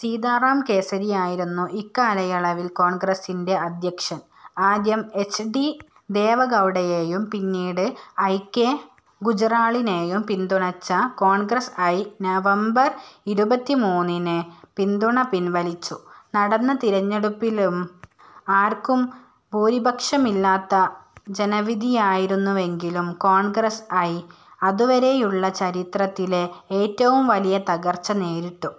സീതാറാം കേസരിയായിരുന്നു ഇക്കാലയളവിൽ കോൺഗ്രസിൻ്റെ അധ്യക്ഷൻ. ആദ്യം എച്ച്. ഡി. ദേവഗൗഡയെയും പിന്നീട് ഐ. കെ. ഗുജ്റാളിനെയും പിന്തുണച്ച കോൺഗ്രസ് ഐ നവംബർ ഇരുപത്തിമൂന്നിന് പിന്തുണ പിൻവലിച്ചു. നടന്ന തിരഞ്ഞെടുപ്പിലും ആർക്കും ഭൂരിപക്ഷമില്ലാത്ത ജനവിധിയായിരുന്നുവെങ്കിലും കോൺഗ്രസ് ഐ അതുവരെയുള്ള ചരിത്രത്തിലെ ഏറ്റവും വലിയ തകർച്ച നേരിട്ടു.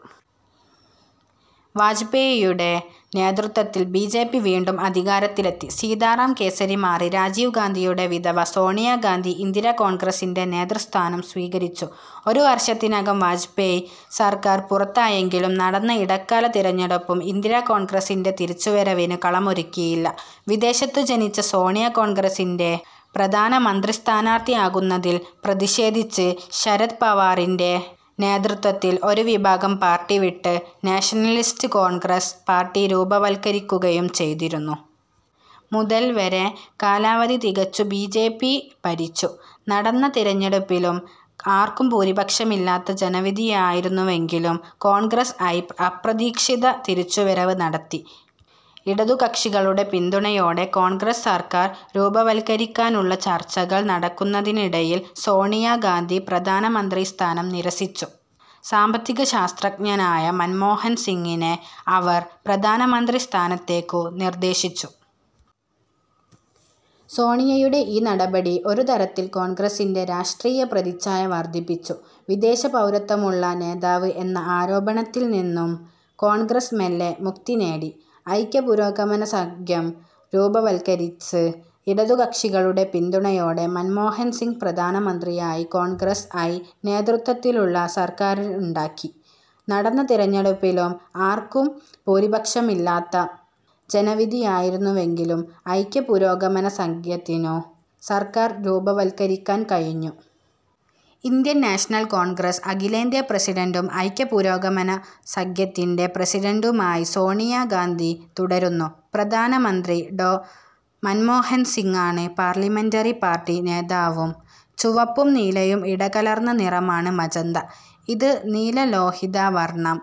വാജ്പേയിയുടെ നേതൃത്വത്തിൽ ബി. ജെ. പി. വീണ്ടും അധികാരത്തിലെത്തി. സീതാറാം കേസരി മാറി രാജീവ് ഗാന്ധിയുടെ വിധവ സോണിയാ ഗാന്ധി ഇന്ദിരാ കോൺഗ്രസിൻ്റെ നേതൃസ്ഥാനം സ്വീകരിച്ചു. ഒരു വർഷത്തിനകം വാജ്പേയി സർക്കാർ പുറത്തായെങ്കിലും നടന്ന ഇടക്കാല തിരഞ്ഞെടുപ്പും ഇന്ദിരാ കോൺഗ്രസിൻ്റെ തിരിച്ചുവരവിനു കളമൊരുക്കിയില്ല. വിദേശത്തു ജനിച്ച സോണിയ കോൺഗ്രസിൻ്റെ പ്രധാനമന്ത്രിസ്ഥാനാർത്ഥിയാകുന്നതിൽ പ്രതിഷേധിച്ച് ശരദ് പവാറിൻ്റെ നേതൃത്വത്തിൽ ഒരു വിഭാഗം പാർട്ടി വിട്ട് നാഷണലിസ്റ്റ് കോൺഗ്രസ് പാർട്ടി രൂപവത്കരിക്കുകയും ചെയ്തിരുന്നു. മുതൽ വരെ കാലാവധി തികച്ചു ബി. ജെ. പി. ഭരിച്ചു. നടന്ന തിരഞ്ഞെടുപ്പിലും ആർക്കും ഭൂരിപക്ഷമില്ലാത്ത ജനവിധിയായിരുന്നുവെങ്കിലും കോൺഗ്രസ് ഐ അപ്രതീക്ഷിത തിരിച്ചുവരവ് നടത്തി. ഇടതുകക്ഷികളുടെ പിന്തുണയോടെ കോൺഗ്രസ് സർക്കാർ രൂപവത്കരിക്കാനുള്ള ചർച്ചകൾ നടക്കുന്നതിനിടയിൽ സോണിയാ ഗാന്ധി പ്രധാനമന്ത്രി സ്ഥാനം നിരസിച്ചു. സാമ്പത്തികശാസ്ത്രജ്ഞനായ മൻമോഹൻ സിങ്ങിനെ അവർ പ്രധാനമന്ത്രി സ്ഥാനത്തേക്കു നിർദ്ദേശിച്ചു. സോണിയയുടെ ഈ നടപടി ഒരുതരത്തിൽ കോൺഗ്രസിൻ്റെ രാഷ്ട്രീയ പ്രതിച്ഛായ വർധിപ്പിച്ചു. വിദേശപൗരത്വമുള്ള നേതാവ് എന്ന ആരോപണത്തിൽനിന്നും കോൺഗ്രസ് മെല്ലെ മുക്തിനേടി. ഐക്യ പുരോഗമന സഖ്യം രൂപവത്കരിച്ച് ഇടതുകക്ഷികളുടെ പിന്തുണയോടെ മൻമോഹൻ സിങ് പ്രധാനമന്ത്രിയായി കോൺഗ്രസ് ഐ നേതൃത്വത്തിലുള്ള സർക്കാരുണ്ടാക്കി. നടന്ന തിരഞ്ഞെടുപ്പിലും ആർക്കും ഭൂരിപക്ഷമില്ലാത്ത ജനവിധിയായിരുന്നുവെങ്കിലും ഐക്യ പുരോഗമന സഖ്യത്തിനു സർക്കാർ രൂപവത്കരിക്കാൻ കഴിഞ്ഞു. ഇന്ത്യൻ നാഷണൽ കോൺഗ്രസ് അഖിലേന്ത്യാ പ്രസിഡന്റും ഐക്യ പുരോഗമന സഖ്യത്തിൻ്റെ പ്രസിഡന്റുമായി സോണിയാ ഗാന്ധി തുടരുന്നു. പ്രധാനമന്ത്രി ഡോ. മൻമോഹൻ സിങ്ങാണ് പാർലമെന്ററി പാർട്ടി നേതാവും. ചുവപ്പും നീലയും ഇടകലർന്ന നിറമാണ് മജന്ത. ഇത് നീലലോഹിത വർണം,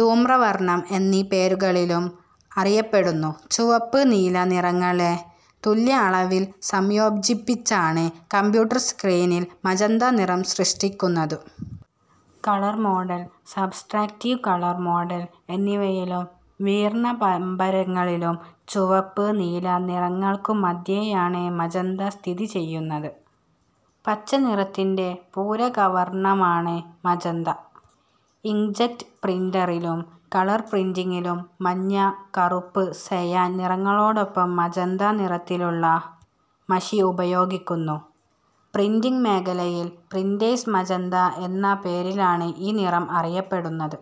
ധൂമ്രവർണം എന്നീ പേരുകളിലും അറിയപ്പെടുന്നു. ചുവപ്പ്, നീല നിറങ്ങളെ തുല്യ അളവിൽ സംയോജിപ്പിച്ചാണ് കമ്പ്യൂട്ടർ സ്ക്രീനിൽ മജന്ത നിറം സൃഷ്ടിക്കുന്നത്. Colour model, subtractive colour model എന്നിവയിലും വീർണപമ്പരങ്ങളിലും ചുവപ്പ്, നീല നിറങ്ങൾക്കു മധ്യേയാണ് മജന്ത സ്ഥിതിചെയ്യുന്നത്. പച്ച നിറത്തിൻ്റെ പൂരകവർണമാണ് മജന്ത. ഇങ്ക്ജെറ്റ് പ്രിന്ററിലും കളർ പ്രിന്റിങ്ങിലും മഞ്ഞ, കറുപ്പ്, സയാൻ നിറങ്ങളോടൊപ്പം മജന്ത നിറത്തിലുള്ള മഷി ഉപയോഗിക്കുന്നു. പ്രിന്റിങ് മേഖലയിൽ പ്രിന്റേഴ്സ് മജന്ത എന്ന പേരിലാണ് ഈ നിറം അറിയപ്പെടുന്നത്.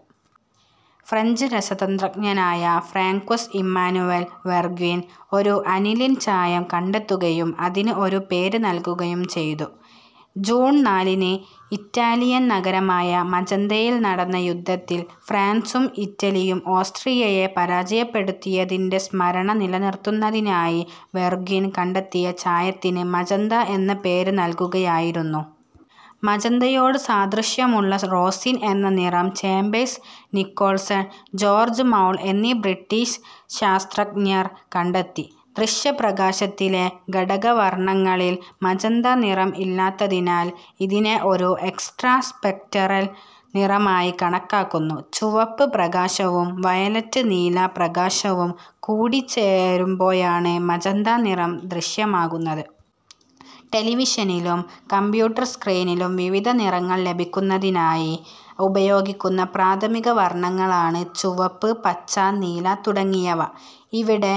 ഫ്രഞ്ച് രസതന്ത്രജ്ഞനായ ഫ്രാൻക്വസ് ഇമ്മാനുവൽ വെർഗ്വിൻ ഒരു അനിലിൻ ചായം കണ്ടെത്തുകയും അതിന് ഒരു പേര് നൽകുകയും ചെയ്തു. ജൂൺ നാലിന് ഇറ്റാലിയൻ നഗരമായ മജന്തയിൽ നടന്ന യുദ്ധത്തിൽ ഫ്രാൻസും ഇറ്റലിയും ഓസ്ട്രിയയെ പരാജയപ്പെടുത്തിയതിൻ്റെ സ്മരണ നിലനിർത്തുന്നതിനായി വെർഗ്വിൻ കണ്ടെത്തിയ ചായത്തിന് മജന്ത എന്ന പേര് നൽകുകയായിരുന്നു. മജന്തയോടു സാദൃശ്യമുള്ള റോസിൻ എന്ന നിറം ചേമ്പേഴ്സ് നിക്കോൾസൺ, ജോർജ്ജ് മൗൾ എന്നീ ബ്രിട്ടീഷ് ശാസ്ത്രജ്ഞർ കണ്ടെത്തി. ദൃശ്യപ്രകാശത്തിലെ ഘടകവർണങ്ങളിൽ മജന്ത നിറം ഇല്ലാത്തതിനാൽ ഇതിനെ ഒരു എക്സ്ട്രാ സ്പെക്ട്രൽ നിറമായി കണക്കാക്കുന്നു. ചുവപ്പ് പ്രകാശവും വയലറ്റ് നീല പ്രകാശവും കൂടിച്ചേരുമ്പോഴാണ് മജന്ത നിറം ദൃശ്യമാകുന്നത്. ടെലിവിഷനിലും കമ്പ്യൂട്ടർ സ്ക്രീനിലും വിവിധ നിറങ്ങൾ ലഭിക്കുന്നതിനായി ഉപയോഗിക്കുന്ന പ്രാഥമിക വർണങ്ങളാണ് ചുവപ്പ്, പച്ച, നീല തുടങ്ങിയവ. ഇവിടെ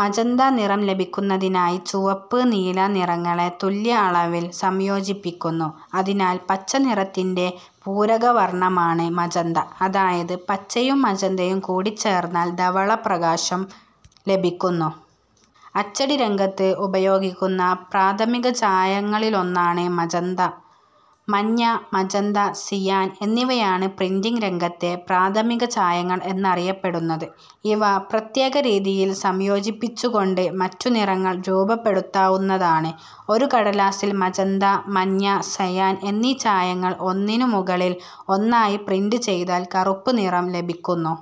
മജന്ത നിറം ലഭിക്കുന്നതിനായി ചുവപ്പ്, നീല നിറങ്ങളെ തുല്യ അളവിൽ സംയോജിപ്പിക്കുന്നു. അതിനാൽ പച്ചനിറത്തിൻ്റെ പൂരകവർണമാണ് മജന്ത. അതായത് പച്ചയും മജന്തയും കൂടിച്ചേർന്നാൽ ധവളപ്രകാശം ലഭിക്കുന്നു. അച്ചടിരംഗത്ത് ഉപയോഗിക്കുന്ന പ്രാഥമിക ചായങ്ങളിലൊന്നാണ് മജന്ത. മഞ്ഞ, മജന്ത, സിയാൻ എന്നിവയാണ് പ്രിന്റിങ് രംഗത്തെ പ്രാഥമിക ചായങ്ങൾ എന്നറിയപ്പെടുന്നത്. ഇവ പ്രത്യേക രീതിയിൽ സംയോജിപ്പിച്ചുകൊണ്ട് മറ്റു നിറങ്ങൾ രൂപപ്പെടുത്താവുന്നതാണ്. ഒരു കടലാസിൽ മജന്ത, മഞ്ഞ, സയാൻ എന്നീ ചായങ്ങൾ ഒന്നിനുമുകളിൽ ഒന്നായി പ്രിന്റ് ചെയ്താൽ കറുപ്പ് നിറം ലഭിക്കുന്നു.